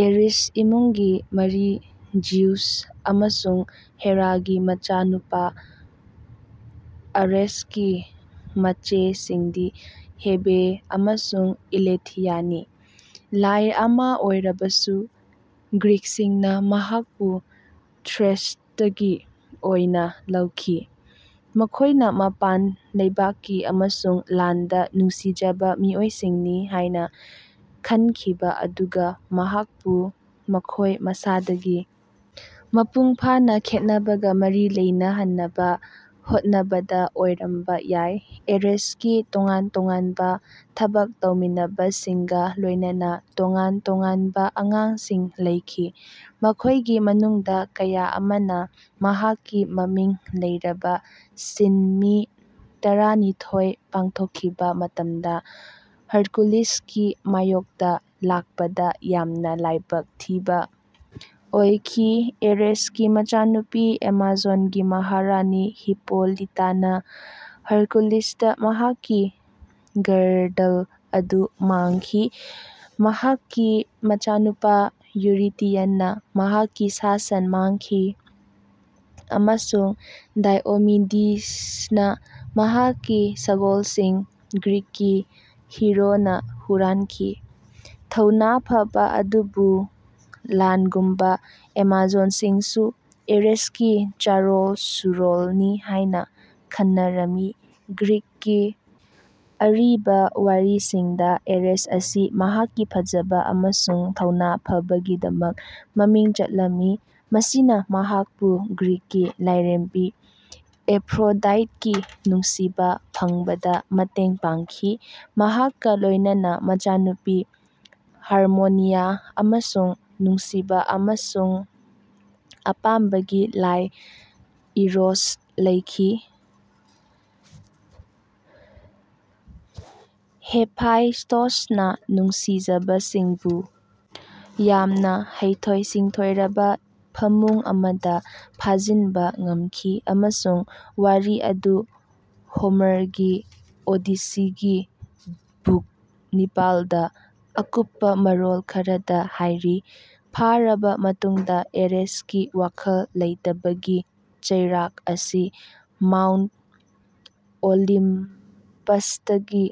Ares ꯏꯃꯨꯡꯒꯤ ꯃꯔꯤ Zeus ꯑꯃꯁꯨꯡ ꯍꯦꯔꯥꯒꯤ ꯃꯆꯥꯅꯨꯄꯥ, ꯑꯔꯦꯁꯀꯤ ꯃꯆꯦꯁꯤꯡꯗꯤ ꯍꯦꯕꯦ ꯑꯃꯁꯨꯡ ꯏꯂꯦꯊꯤꯌꯥꯅꯤ꯫ ꯂꯥꯏ ꯑꯃꯥ ꯑꯣꯏꯔꯕꯁꯨ, ꯒ꯭ꯔꯤꯛꯁꯤꯡꯅ ꯃꯍꯥꯛꯄꯨ ꯊ꯭ꯔꯦꯁꯇꯒꯤ ꯑꯣꯏꯅ ꯂꯧꯈꯤ, ꯃꯈꯣꯏꯅ ꯃꯄꯥꯟ ꯂꯩꯕꯥꯛꯀꯤ ꯑꯃꯁꯨꯡ ꯂꯥꯟꯗ ꯅꯨꯡꯁꯤꯖꯕ ꯃꯤꯑꯣꯏꯁꯤꯡꯅꯤ ꯍꯥꯏꯅ ꯈꯟꯈꯤꯕ ꯑꯗꯨꯒ ꯃꯍꯥꯛꯄꯨ ꯃꯈꯣꯏ ꯃꯁꯥꯗꯒꯤ ꯃꯄꯨꯡ ꯐꯥꯅ ꯈꯦꯠꯅꯕꯒ ꯃꯔꯤ ꯂꯩꯅꯍꯟꯅꯕ ꯍꯣꯠꯅꯕꯗ ꯑꯣꯏꯔꯝꯕ ꯌꯥꯏ꯫ ꯑꯦꯔꯦꯁꯀꯤ ꯇꯣꯉꯥꯟ-ꯇꯣꯉꯥꯟꯕ ꯊꯕꯛ ꯇꯧꯃꯤꯟꯅꯕꯁꯤꯡꯒ ꯂꯣꯏꯅꯅ ꯇꯣꯉꯥꯟ-ꯇꯣꯉꯥꯟꯕ ꯑꯉꯥꯡꯁꯤꯡ ꯂꯩꯈꯤ, ꯃꯈꯣꯏꯒꯤ ꯃꯅꯨꯡꯗ ꯀꯌꯥ ꯑꯃꯅ ꯃꯍꯥꯛꯀꯤ ꯃꯃꯤꯡ ꯂꯩꯔꯕ ꯁꯤꯟꯃꯤ ꯇꯔꯥꯅꯤꯊꯣꯏ ꯄꯥꯡꯊꯣꯛꯈꯤꯕ ꯃꯇꯝꯗ ꯍꯔꯀꯨꯂꯤꯁꯀꯤ ꯃꯥꯌꯣꯛꯇ ꯂꯥꯛꯄꯗ ꯌꯥꯝꯅ ꯂꯥꯏꯕꯛ ꯊꯤꯕ ꯑꯣꯏꯈꯤ꯫ ꯑꯦꯔꯦꯁꯀꯤ ꯃꯆꯥꯅꯨꯄꯤ, ꯑꯦꯃꯥꯖꯣꯟꯒꯤ ꯃꯍꯥꯔꯥꯅꯤ ꯍꯤꯞꯄꯣꯂꯤꯇꯥꯅ ꯍꯔꯀꯨꯂꯤꯁꯇ ꯃꯍꯥꯛꯀꯤ ꯒꯔꯗꯜ ꯑꯗꯨ ꯃꯥꯡꯈꯤ, ꯃꯍꯥꯛꯀꯤ ꯃꯆꯥꯅꯨꯄꯥ ꯌꯨꯔꯤꯇꯤꯌꯟꯅ ꯃꯍꯥꯛꯀꯤ ꯁꯥ-ꯁꯟ ꯃꯥꯡꯈꯤ, ꯑꯃꯁꯨꯡ ꯗꯥꯏꯑꯣꯃꯤꯗꯤꯁꯅ ꯃꯍꯥꯛꯀꯤ ꯁꯒꯣꯜꯁꯤꯡ ꯒ꯭ꯔꯤꯛꯀꯤ ꯍꯤꯔꯣꯅ ꯍꯨꯔꯥꯟꯈꯤ꯫ ꯊꯧꯅꯥ ꯐꯕ ꯑꯗꯨꯕꯨ ꯂꯥꯟꯒꯨꯝꯕ ꯑꯦꯃꯥꯖꯣꯟꯁꯤꯡꯁꯨ ꯑꯦꯔꯦꯁꯀꯤ ꯆꯥꯔꯣꯜ-ꯁꯨꯔꯣꯜꯅꯤ ꯍꯥꯏꯅ ꯈꯟꯅꯔꯝꯃꯤ꯫ ꯒ꯭ꯔꯤꯛꯀꯤ ꯑꯔꯤꯕ ꯋꯥꯔꯤꯁꯤꯡꯗ, ꯑꯦꯔꯦꯁ ꯑꯁꯤ ꯃꯍꯥꯛꯀꯤ ꯐꯖꯕ ꯑꯃꯁꯨꯡ ꯊꯧꯅꯥ ꯐꯕꯒꯤꯗꯃꯛ ꯃꯃꯤꯡ ꯆꯠꯂꯝꯃꯤ, ꯃꯁꯤꯅ ꯃꯍꯥꯛꯄꯨ ꯒ꯭ꯔꯤꯛꯀꯤ ꯂꯥꯏꯔꯦꯝꯕꯤ ꯑꯦꯐ꯭ꯔꯣꯗꯥꯏꯠꯀꯤ ꯅꯨꯡꯁꯤꯕ ꯐꯪꯕꯗ ꯃꯇꯦꯡ ꯄꯥꯡꯈꯤ, ꯃꯍꯥꯛꯀ ꯂꯣꯏꯅꯅ ꯃꯆꯥꯅꯨꯄꯤ ꯍꯥꯔꯃꯣꯅꯤꯌꯥ ꯑꯃꯁꯨꯡ ꯅꯨꯡꯁꯤꯕ ꯑꯃꯁꯨꯡ ꯑꯄꯥꯝꯕꯒꯤ ꯂꯥꯏ ꯏꯔꯣꯁ ꯂꯩꯈꯤ꯫ ꯍꯦꯐꯥꯏꯁ꯭ꯇꯣꯁꯅ ꯅꯨꯡꯁꯤꯖꯕꯁꯤꯡꯕꯨ ꯌꯥꯝꯅ ꯍꯩꯊꯣꯏ-ꯁꯤꯡꯊꯣꯏꯔꯕ ꯐꯃꯨꯡ ꯑꯃꯗ ꯐꯥꯖꯤꯟꯕ ꯉꯝꯈꯤ, ꯑꯃꯁꯨꯡ ꯋꯥꯔꯤ ꯑꯗꯨ ꯍꯣꯃꯔꯒꯤ ꯑꯣꯗꯤꯁꯤꯒꯤ ꯕꯨꯛ ꯅꯤꯄꯥꯜꯗ ꯑꯀꯨꯞꯄ ꯃꯔꯣꯜ ꯈꯔꯗ ꯍꯥꯏꯔꯤ꯫ ꯐꯥꯔꯕ ꯃꯇꯨꯡꯗ, ꯑꯦꯔꯦꯁꯀꯤ ꯋꯥꯈꯜ ꯂꯩꯇꯕꯒꯤ ꯆꯩꯔꯥꯛ ꯑꯁꯤ ꯃꯥꯎꯟꯇ ꯑꯣꯂꯤꯝꯄꯁꯇꯒꯤ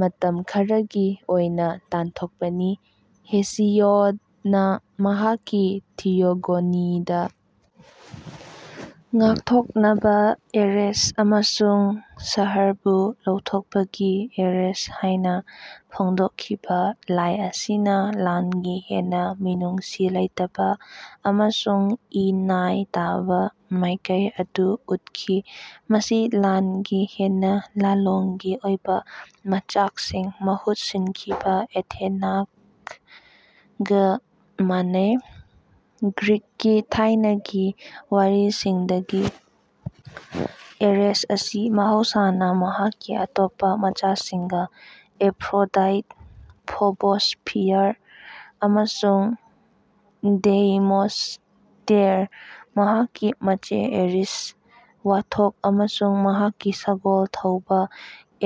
ꯃꯇꯝ ꯈꯔꯒꯤ ꯑꯣꯏꯅ ꯇꯥꯟꯊꯣꯛꯄꯅꯤ꯫ ꯍꯦꯁꯤꯌꯣꯗꯅ ꯃꯍꯥꯛꯀꯤ ꯊꯤꯌꯣꯒꯣꯅꯤꯗ 'ꯉꯥꯛꯊꯣꯛꯅꯕ ꯑꯦꯔꯦꯁ' ꯑꯃꯁꯨꯡ 'ꯁꯍꯔꯕꯨ ꯂꯧꯊꯣꯛꯄꯒꯤ ꯑꯦꯔꯦꯁ' ꯍꯥꯏꯅ ꯐꯣꯡꯗꯣꯛꯈꯤꯕ ꯂꯥꯏ ꯑꯁꯤꯅ ꯂꯥꯟꯒꯤ ꯍꯦꯟꯅ ꯃꯤꯅꯨꯡꯁꯤ ꯂꯩꯇꯕ ꯑꯃꯁꯨꯡ ꯏ-ꯅꯥꯏ ꯇꯥꯕ ꯃꯥꯏꯀꯩ ꯑꯗꯨ ꯎꯠꯈꯤ, ꯃꯁꯤ ꯂꯥꯟꯒꯤ ꯍꯦꯟꯅ ꯂꯥꯂꯣꯡꯒꯤ ꯑꯣꯏꯕ ꯃꯆꯥꯛꯁꯤꯡ ꯃꯍꯨꯠ ꯁꯤꯟꯈꯤꯕ ꯑꯦꯊꯦꯅꯥꯒ ꯃꯥꯟꯅꯩ꯫ ꯒ꯭ꯔꯤꯛꯀꯤ ꯊꯥꯏꯅꯒꯤ ꯋꯥꯔꯤꯁꯤꯡꯗꯒꯤ, ꯑꯦꯔꯦꯁ ꯑꯁꯤ ꯃꯍꯧꯁꯥꯅ ꯃꯍꯥꯛꯀꯤ ꯑꯇꯣꯞꯄ ꯃꯆꯥꯁꯤꯡꯒ ꯑꯦꯐ꯭ꯔꯣꯗꯥꯏꯠ, ꯐꯣꯕꯣꯁ (ꯐꯤꯌꯔ) ꯑꯃꯁꯨꯡ ꯗꯦꯏꯃꯣꯁ (ꯇꯦꯔ), ꯃꯍꯥꯛꯀꯤ ꯃꯆꯦ ꯑꯦꯔꯤꯁ (ꯋꯥꯊꯣꯛ) ꯑꯃꯁꯨꯡ ꯃꯍꯥꯛꯀꯤ ꯁꯒꯣꯜ ꯊꯧꯕ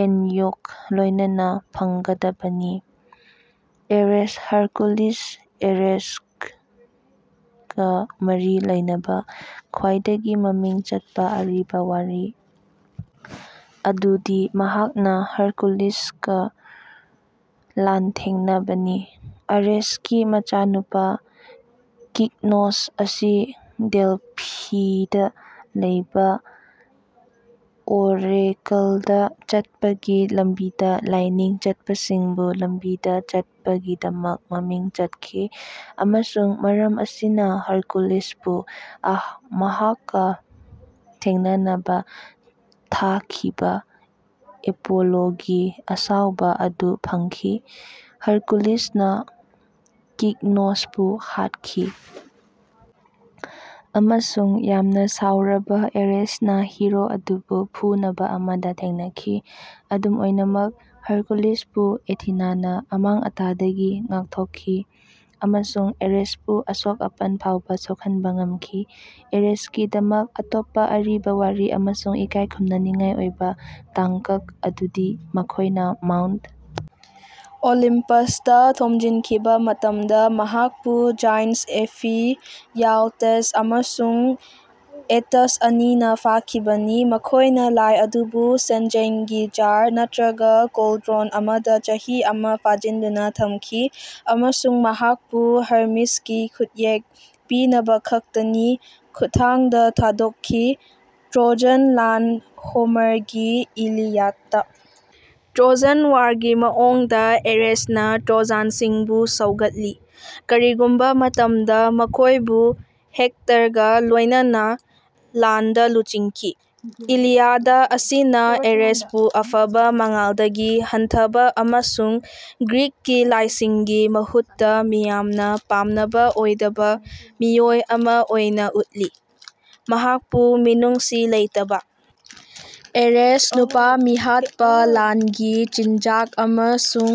ꯑꯦꯟꯌꯣꯒ ꯂꯣꯏꯅꯅ ꯐꯪꯒꯗꯕꯅꯤ꯫ ꯑꯦꯔꯦꯁ ꯍꯔꯀꯨꯂꯤꯁ ꯑꯦꯔꯦꯁꯀ ꯃꯔꯤ ꯂꯩꯅꯕ ꯈ꯭ꯋꯥꯏꯗꯒꯤ ꯃꯃꯤꯡ ꯆꯠꯄ ꯑꯔꯤꯕ ꯋꯥꯔꯤ ꯑꯗꯨꯗꯤ ꯃꯍꯥꯛꯅ ꯍꯔꯀꯨꯂꯤꯁꯀ ꯂꯥꯟꯊꯦꯡꯅꯕꯅꯤ꯫ ꯑꯔꯦꯁꯀꯤ ꯃꯆꯥꯅꯨꯄꯥ ꯀꯤꯛꯅꯣꯁ ꯑꯁꯤ ꯗꯦꯜꯐꯤꯗ ꯂꯩꯕ ꯑꯣꯔꯦꯀꯜꯗ ꯆꯠꯄꯒꯤ ꯂꯝꯕꯤꯗ ꯂꯥꯏꯅꯤꯡ ꯆꯠꯄꯁꯤꯡꯕꯨ ꯂꯝꯕꯤꯗ ꯆꯠꯄꯒꯤꯗꯃꯛ ꯃꯃꯤꯡ ꯆꯠꯈꯤ, ꯑꯃꯁꯨꯡ ꯃꯔꯝ ꯑꯁꯤꯅ ꯍꯔꯀꯨꯂꯤꯁꯄꯨ ꯃꯍꯥꯛꯀ ꯊꯦꯡꯅꯅꯕ ꯊꯥꯈꯤꯕ ꯑꯦꯄꯣꯂꯣꯒꯤ ꯑꯁꯥꯎꯕ ꯑꯗꯨ ꯐꯪꯈꯤ꯫ ꯍꯔꯀꯨꯂꯤꯁꯅ ꯀꯤꯛꯅꯣꯁꯄꯨ ꯍꯥꯠꯈꯤ, ꯑꯃꯁꯨꯡ ꯌꯥꯝꯅ ꯁꯥꯎꯔꯕ ꯑꯦꯔꯦꯁꯅ ꯍꯤꯔꯣ ꯑꯗꯨꯕꯨ ꯐꯨꯅꯕ ꯑꯃꯗ ꯊꯦꯡꯅꯈꯤ꯫ ꯑꯗꯨꯝ ꯑꯣꯏꯅꯃꯛ, ꯍꯔꯀꯨꯂꯤꯁꯄꯨ ꯑꯦꯊꯤꯅꯥꯅ ꯑꯃꯥꯡ-ꯑꯇꯥꯗꯒꯤ ꯉꯥꯛꯊꯣꯛꯈꯤ ꯑꯃꯁꯨꯡ ꯑꯦꯔꯦꯁꯄꯨ ꯑꯁꯣꯛ-ꯑꯄꯟ ꯐꯥꯎꯕ ꯁꯣꯛꯍꯟꯕ ꯉꯝꯈꯤ꯫ ꯑꯦꯔꯦꯁꯀꯤꯗꯃꯛ ꯑꯇꯣꯞꯄ ꯑꯔꯤꯕ ꯋꯥꯔꯤ ꯑꯃꯁꯨꯡ ꯏꯀꯥꯏ ꯈꯨꯝꯅꯅꯤꯡꯉꯥꯏ ꯑꯣꯏꯕ ꯇꯥꯡꯀꯛ ꯑꯗꯨꯗꯤ ꯃꯈꯣꯏꯅ ꯃꯥꯎꯟꯇ ꯑꯣꯂꯤꯝꯄꯁꯇ ꯊꯣꯝꯖꯤꯟꯈꯤꯕ ꯃꯇꯝꯗ ꯃꯍꯥꯛꯄꯨ ꯖꯥꯏꯟ꯭ꯇꯁ ꯑꯦꯐꯤꯌꯥꯜꯇꯦꯁ ꯑꯃꯁꯨꯡ ꯑꯣꯇꯁ ꯑꯅꯤꯅ ꯐꯥꯈꯤꯕꯅꯤ꯫ ꯃꯈꯣꯏꯅ ꯂꯥꯏ ꯑꯗꯨꯕꯨ ꯁꯦꯟꯖꯦꯡꯒꯤ ꯖꯥꯔ (ꯅꯠꯇ꯭ꯔꯒ ꯀꯣꯜꯗ꯭ꯔꯣꯟ) ꯑꯃꯗ ꯆꯍꯤ ꯑꯃ ꯐꯥꯖꯤꯟꯗꯨꯅ ꯊꯝꯈꯤ ꯑꯃꯁꯨꯡ ꯃꯍꯥꯛꯄꯨ ꯍꯔꯃꯤꯁꯀꯤ ꯈꯨꯠꯌꯦꯛ ꯄꯤꯅꯕꯈꯛꯇꯒꯤ ꯈꯨꯠꯊꯥꯡꯗ ꯊꯥꯗꯣꯛꯈꯤ꯫ ꯇ꯭ꯔꯣꯖꯟ ꯂꯥꯟ ꯍꯣꯃꯔꯒꯤ ꯏꯂꯤꯌꯥꯗꯇ ꯇ꯭ꯔꯣꯖꯟ ꯋꯥꯔꯒꯤ ꯃꯑꯣꯡꯗ, ꯑꯦꯔꯦꯁꯅ ꯇ꯭ꯔꯣꯖꯥꯟꯁꯤꯡꯕꯨ ꯁꯧꯒꯠꯂꯤ, ꯀꯔꯤꯒꯨꯝꯕ ꯃꯇꯝꯗ ꯃꯈꯣꯏꯕꯨ ꯍꯦꯛꯇꯔꯒ ꯂꯣꯏꯅꯅ ꯂꯥꯟꯗ ꯂꯨꯆꯤꯡꯈꯤ꯫ ꯏꯂꯤꯌꯥꯗ ꯑꯁꯤꯅ ꯑꯦꯔꯦꯁꯄꯨ ꯑꯐꯕ ꯃꯉꯥꯜꯗꯒꯤ ꯍꯟꯊꯕ ꯑꯃꯁꯨꯡ ꯒ꯭ꯔꯤꯛꯀꯤ ꯂꯥꯏꯁꯤꯡꯒꯤ ꯃꯍꯨꯠꯇ ꯃꯤꯌꯥꯝꯅ ꯄꯥꯝꯅꯕ ꯑꯣꯏꯗꯕ ꯃꯤꯑꯣꯏ ꯑꯃ ꯑꯣꯏꯅ ꯎꯠꯂꯤ꯫ ꯃꯍꯥꯛꯄꯨ 'ꯃꯤꯅꯨꯡꯁꯤ ꯂꯩꯇꯕ ꯑꯦꯔꯦꯁ', 'ꯅꯨꯄꯥ-ꯃꯤꯍꯥꯠꯄ', 'ꯂꯥꯟꯒꯤ ꯆꯤꯟꯖꯥꯛ' ꯑꯃꯁꯨꯡ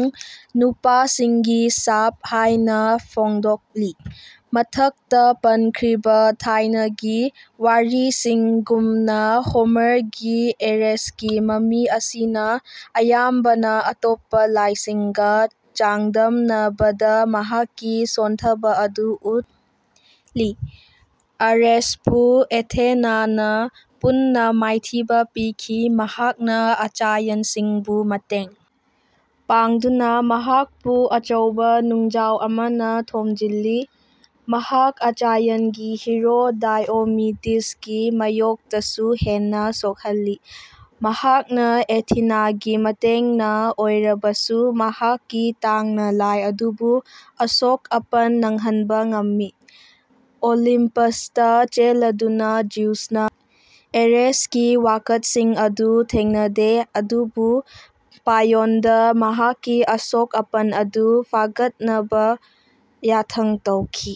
'ꯅꯨꯄꯥꯁꯤꯡꯒꯤ ꯁꯥꯞ' ꯍꯥꯏꯅ ꯐꯣꯡꯗꯣꯛꯂꯤ꯫ ꯃꯊꯛꯇ ꯄꯟꯈ꯭ꯔꯤꯕ ꯊꯥꯏꯅꯒꯤ ꯋꯥꯔꯤꯁꯤꯡꯒꯨꯝꯅ ꯍꯣꯃꯔꯒꯤ ꯑꯦꯔꯦꯁꯀꯤ ꯃꯃꯤ ꯑꯁꯤꯅ ꯑꯌꯥꯝꯕꯅ ꯑꯇꯣꯞꯄ ꯂꯥꯏꯁꯤꯡꯒ ꯆꯥꯡꯗꯝꯅꯕꯗ ꯃꯍꯥꯛꯀꯤ ꯁꯣꯟꯊꯕ ꯑꯗꯨ ꯎꯠꯂꯤ꯫ ꯑꯔꯦꯁꯄꯨ ꯑꯦꯊꯦꯅꯥꯅ ꯄꯨꯟꯅ ꯃꯥꯏꯊꯤꯕ ꯄꯤꯈꯤ, ꯃꯍꯥꯛꯅ ꯑꯆꯥꯌꯟꯁꯤꯡꯕꯨ ꯃꯇꯦꯡ ꯄꯥꯡꯗꯨꯅ, ꯃꯍꯥꯛꯄꯨ ꯑꯆꯧꯕ ꯅꯨꯡꯖꯥꯎ ꯑꯃꯅ ꯊꯣꯝꯖꯤꯜꯂꯤ꯫ ꯃꯍꯥꯛ ꯑꯆꯥꯏꯌꯟꯒꯤ ꯍꯤꯔꯣ ꯗꯥꯏꯑꯣꯃꯤꯗꯤꯁꯀꯤ ꯃꯥꯌꯣꯛꯇꯁꯨ ꯍꯦꯟꯅ ꯁꯣꯛꯍꯜꯂꯤ, ꯃꯍꯥꯛꯅ ꯑꯦꯊꯤꯅꯥꯒꯤ ꯃꯇꯦꯡꯅ ꯑꯣꯏꯔꯕꯁꯨ ꯃꯍꯥꯛꯀꯤ ꯇꯥꯡꯅ ꯂꯥꯏ ꯑꯗꯨꯕꯨ ꯑꯁꯣꯛ ꯑꯄꯟ ꯅꯪꯍꯟꯕ ꯉꯝꯃꯤ꯫ ꯑꯣꯂꯤꯝꯄꯁꯇ ꯆꯦꯜꯂꯗꯨꯅ, ꯖꯤꯎꯁꯅ ꯑꯦꯔꯦꯁꯀꯤ ꯋꯥꯀꯠꯁꯤꯡ ꯑꯗꯨ ꯊꯦꯡꯅꯗꯦ ꯑꯗꯨꯕꯨ ꯄꯥꯏꯌꯣꯟꯗ ꯃꯍꯥꯛꯀꯤ ꯑꯁꯣꯛ-ꯑꯄꯟ ꯑꯗꯨ ꯐꯒꯠꯅꯕ ꯌꯥꯊꯪ ꯇꯧꯈꯤ꯫